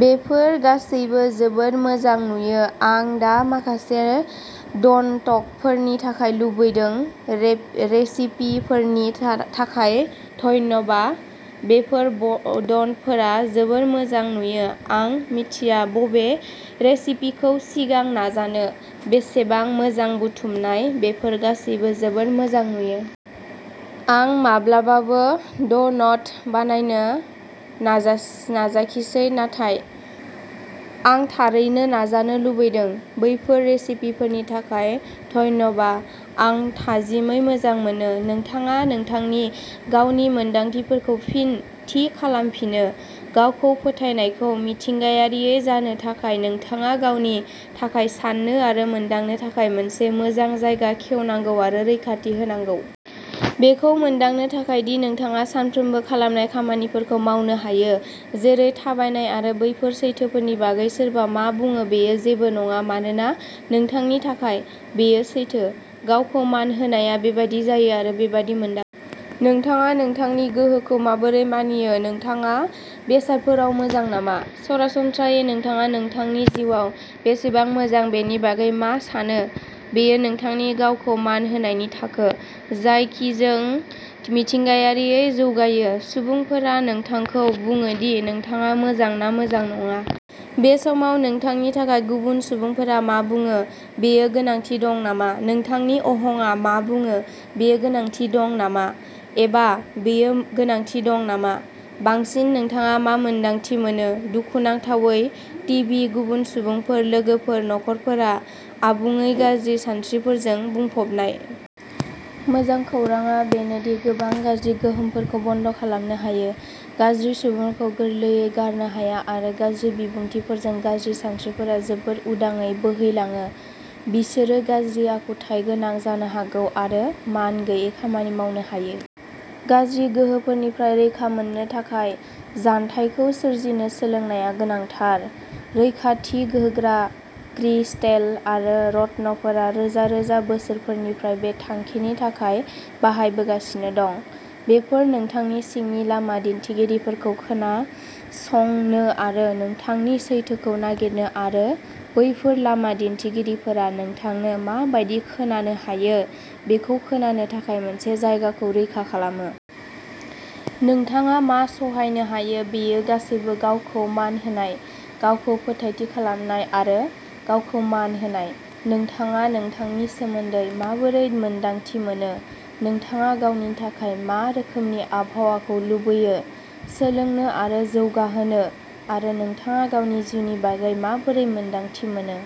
बेफोर गासैबो जोबोद मोजां नुयो, आं दा माखासे ड'नटफोरनि थाखाय लुबैदों। रेसिपिफोरनि थाखाय धन्यबा! बैफोर ड'नटफोरा जोबोद मोजां नुयो। आं मिथिया बबे रेसिपिखौ सिगां नाजानो। बेसेबां मोजां बुथुमनाय। बेफोर गासैबो जोबोद मोजां नुयो। आं माब्लाबाबो ड'नट बानायनो नाजाखिसै नाथाय आं थारैनो नाजानो लुबैदों। बेफोर रेसिपिफोरनि थाखाय धन्यबा! आं थाजिमै मोजां मोनो। नोंथाङा नोंथांनि गावनि मोन्दांथिफोरखौ फिन थि खालामफिनो। गावखौ फोथायनायखौ मिथिंगायारियै जानो थाखाय नोंथाङा गावनि थाखाय साननो आरो मोनदांनो थाखाय मोनसे मोजां जायगा खेवनांगौ आरो रैखाथि होनांगौ। बेखौ मोनदांनो थाखाय दि नोंथाङा सानफ्रोमबो खालामनाय खामानिफोरखौ मावनो हायो, जेरै थाबायनाय आरो बेफोर सैथोफोरनि बागै सोरबा मा बुङो बेयो जेबो नङा मानोना नोंथांनि थाखाय, बेयो सैथो। गावखौ मान होनायआ बेबायदि जायो आरो बेबादि मोनदाङो। नोंथाङा नोंथांनि गोहोखौ माबोरै मानियो। नोंथाङा बेसादफोराव मोजां नामा? सरासनस्रायै, नोंथाङा नोंथांनि जिउआव बेसेबां मोजां बेनि बागै मा सानो। बेयो नोंथांनि गावखौ मान होनायनि थाखो, जाय किजों मिथिंगायारियै जौगायो। सुबुंफोरा नोंथांखौ बुङो दि नोंथाङा मोजां ना मोजां नङा? बे समाव नोंथांनि थाखाय गुबुन सुबुंफोरा मा बुङो बेयो गोनांथि दं नामा? नोंथांनि अहंआ मा बुङो बेयो गोनांथि दं नामा? एबा बेयो गोनांथि दं नामा? बांसिन नोंथाङा मा मोन्दांथि मोनो। दुखुनांथावै, टिभि, गुबुन सुबुंफोर, लोगोफोर, नखरफोरा आबुङै गाज्रि सानस्रिफोरजों बुंफबनाय। मोजां खौरांआ बेनो दि गोबां गाज्रि गोहोमफोरखौ बन्द खालामनो हायो। गाज्रि सुबुंफोरखौ गोरलैयै गारनो हाया आरो गाज्रि बिबुंथिफोरजों गाज्रि सानस्रिफोरा जोबोद उदाङै बोहैलाङो, बिसोरो गाज्रि आखुथायगोनां जानो हागौ आरो मानगैयै खामानि मावनो हायो। गाज्रि गोहोफोरनिफ्राय रैखा मोननो थाखाय जानथायखौ सोरजिनो सोलोंनाया गोनांथार। रैखाथि होग्रा क्रिस्टेल आरो रत्नफोरा रोजा-रोजा बोसोरफोरनिफ्राय बे थांखिनि थाखाय बाहायजागासिनो दं। बेफोर नोंथांनि सिंनि लामा दिन्थिगिरिफोरखौ खोनासंनो आरो नोंथांनि सैथोखौ नागिरनो आरो बेफोर लामा दिन्थिगिरिफोरा नोंथांनो मा बायदि खोनानो हायो बेखौ खोनानो थाखाय मोनसे जायगाखौ रैखा खालामो। नोंथाङा मा सहायनो हायो बेयो गासैबो गावखौ मान होनाय, गावखौ फोथायथि खालामनाय आरो गावखौ मान होनाय। नोंथाङा नोंथांनि सोमोन्दै माबोरै मोन्दांथि मोनो, नोंथाङा गावनि थाखाय मा रोखोमनि आबहावाखौ लुबैयो, सोलोंनो आरो जौगाहोनो, आरो नोंथाङा गावनि जिउनि बागै माबोरै मोन्दांथि मोनो।